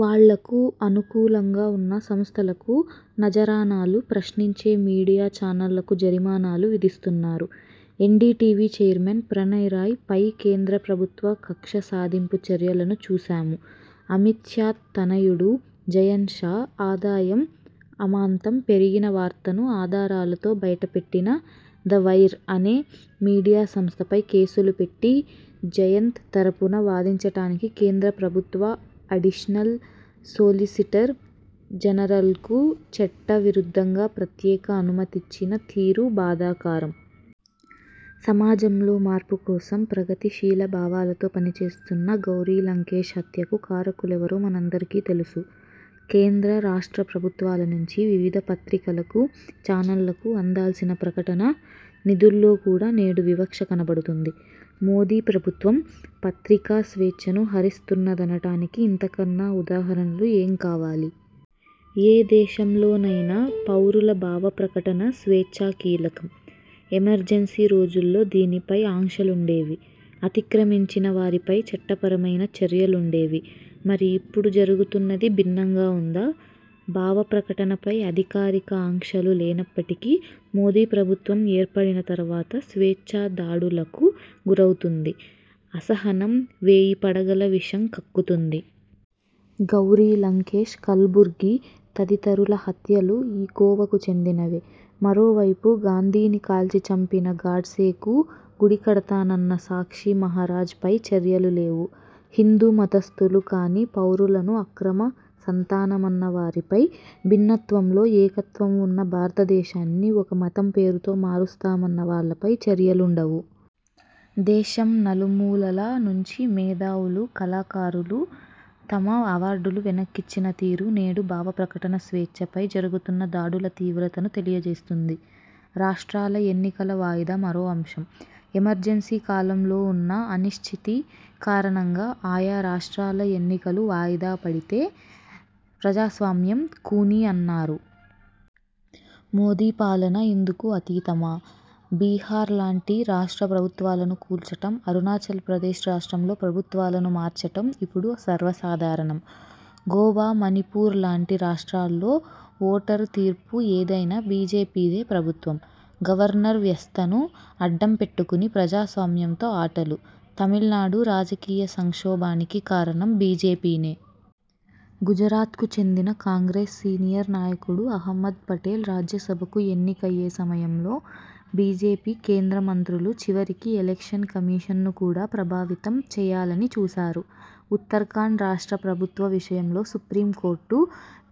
వాళ్లకు అనుకూలంగా ఉన్న సంస్థలకు నజరానాలు, ప్రశ్నించే మీడియా ఛానళ్లకు జరిమానాలు విధిస్తున్నారు. NDTV chairman Pranoy Roy పై కేంద్రప్రభుత్వ కక్షసాధింపు చర్యలను చూశాము. అమిత్ షా తనయుడు, జయంత్ షా ఆదాయం అమాంతం పెరిగిన వార్తను ఆధారాలతో బయటపెట్టిన 'ద వైర్' అనే మీడియా సంస్థపై కేసులు పెట్టి, జయంత్ తరుపున వాదించటానికి కేంద్ర ప్రభుత్వ అడిషనల్ సోలిసిటర్ జనరల్కు చట్ట విరుద్ధంగా ప్రత్యేక అనుమతిచ్చిన తీరు బాధాకరం. సమాజంలో మార్పుకోసం, ప్రగతిశీల భావాలతో పనిచేస్తున్న గౌరి లంకేశ్ హత్యకు కారకులెవరో మనందరికీ తెలుసు. కేంద్ర, రాష్ట్ర ప్రభుత్వాలనుంచి వివిధ పత్రికలకు, చానళ్ళకు అందాల్సిన ప్రకటన నిధుల్లో కూడా నేడు వివక్ష కనబడుతుంది. మోదీ ప్రభుత్వం పత్రికా స్వేచ్ఛను హరిస్తు న్నదనటానికి ఇంతకన్నా ఉదాహరణలు ఏం కావాలి? ఏ దేశంలోనైనా, పౌరుల భావప్రకటన స్వేచ్ఛ కీలకం. ఎమర్జెన్సీ రోజుల్లో దీనిపై ఆంక్షలుండేవి. అతిక్రమించిన వారిపై చట్టపరమైన చర్యలుండేవి. మరి, ఇప్పుడు జరుగుతున్నది భిన్నంగా ఉందా? భావప్రకటనపై అధికారిక ఆంక్షలు లేనప్పటికీ, మోదీ ప్రభుత్వం ఏర్పడిన తరువాత స్వేచ్ఛ దాడులకు గురవుతుంది. 'అసహనం' వేయి పడగల విషం కక్కుతుంది. గౌరి లంకేశ్, కల్బుర్గి తదితరుల హత్యలు ఈ కోవకు చెందినవే. మరోవైపు, గాంధీని కాల్చి చంపిన గాడ్సేకు గుడికడతానన్న సాక్షిమహారాజ్ పై చర్యలు లేవు. హిందూ మతస్థులు కాని పౌరులను అక్రమ సంతానమన్నవారిపై, భిన్నత్వంలో ఏకత్వంవున్న భారతదేశాన్ని ఒక మతం పేరుతో మారుస్తామన్న వాళ్లపై చర్యలుండవు. దేశం నలుమూలల నుంచి మేధావులు, కళాకారులు తమ అవార్డులు వెనక్కి ఇచ్చిన తీరు నేడు భావప్రకటన స్వేచ్ఛపై జరుగుతున్న దాడుల తీవ్రతను తెలియజేస్తుంది. రాష్ట్రాల ఎన్నికల వాయిదా మరో అంశం. ఎమర్జెన్సీ కాలంలోవున్న అనిశ్చితి కారణంగా ఆయా రాష్టాల ఎన్నికలు వాయిదాపడితే ప్రజాస్వామ్యం ఖూనీ అన్నారు. మోదీ పాలన ఇందుకు అతీతమా? బిహార్ లాంటి రాష్ట్ర ప్రభుత్వాలను కూల్చటం, అరుణాచల్ ప్రదేశ్ రాష్ట్రంలో ప్రభుత్వాలను మార్చటం ఇపుడు సర్వసాధారణం. గోవా, మణిపూర్ లాంటి రాష్టాల్లో ఓటరు తీర్పు ఏదైనా బీజేపీదే ప్రభుత్వం. గవర్నర్ వ్యస్థను అడ్డం పెట్టుకుని, ప్రజాస్వామ్యంతో ఆటలు. తమిళనాడు రాజకీయ సంక్షోభానికి కారణం బీజేపీనే. గుజరాత్కు చెందిన కాంగ్రెస్ సీనియర్ నాయకుడు అహమ్మద్ పటేల్ రాజ్యసభకు ఎన్నికయ్యే సమయంలో బీజేపీ కేంద్రమంత్రులు చివరికి ఎలక్షన్ కమిషన్ను కూడా ప్రభావితం చేయాలని చూసారు. ఉత్తరాఖండ్ రాష్ట్ర ప్రభుత్వ విషయంలో సుప్రీంకోర్టు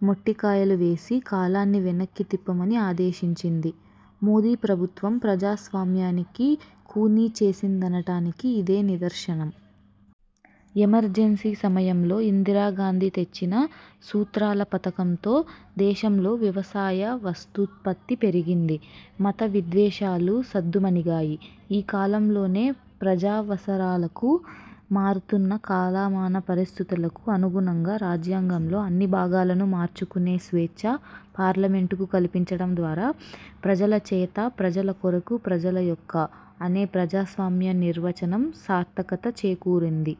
మొట్టికాయలు వేసి, కాలాన్ని వెనక్కి తిప్పమని ఆదేశించింది. మోదీ ప్రభుత్వం ప్రజాస్వామ్యాన్ని ఖూనీ చేసిందనటానికి ఇదే నిదర్శనం. ఎమర్జెన్సీ సమయంలో ఇందిరాగాంధీ తెచ్చిన సూత్రాల పథకంతో దేశంలో వ్యవసాయ, వస్తూత్పత్తి పెరిగింది. మత విద్వేషాలు సద్దుమణిగాయి. ఈ కాలంలోనే, ప్రజావసరాలకు, మారుతున్న కాలమాన పరిస్థితులకు అనుగుణంగా రాజ్యాంగంలో అన్ని భాగాలను మార్చుకునే స్వేచ్ఛ పార్లమెంటుకు కల్పించటం ద్వారా 'ప్రజల చేత, ప్రజల కొరకు, ప్రజల యొక్క' అనే ప్రజాస్వామ్య నిర్వచనం సార్థకత చేకూరింది.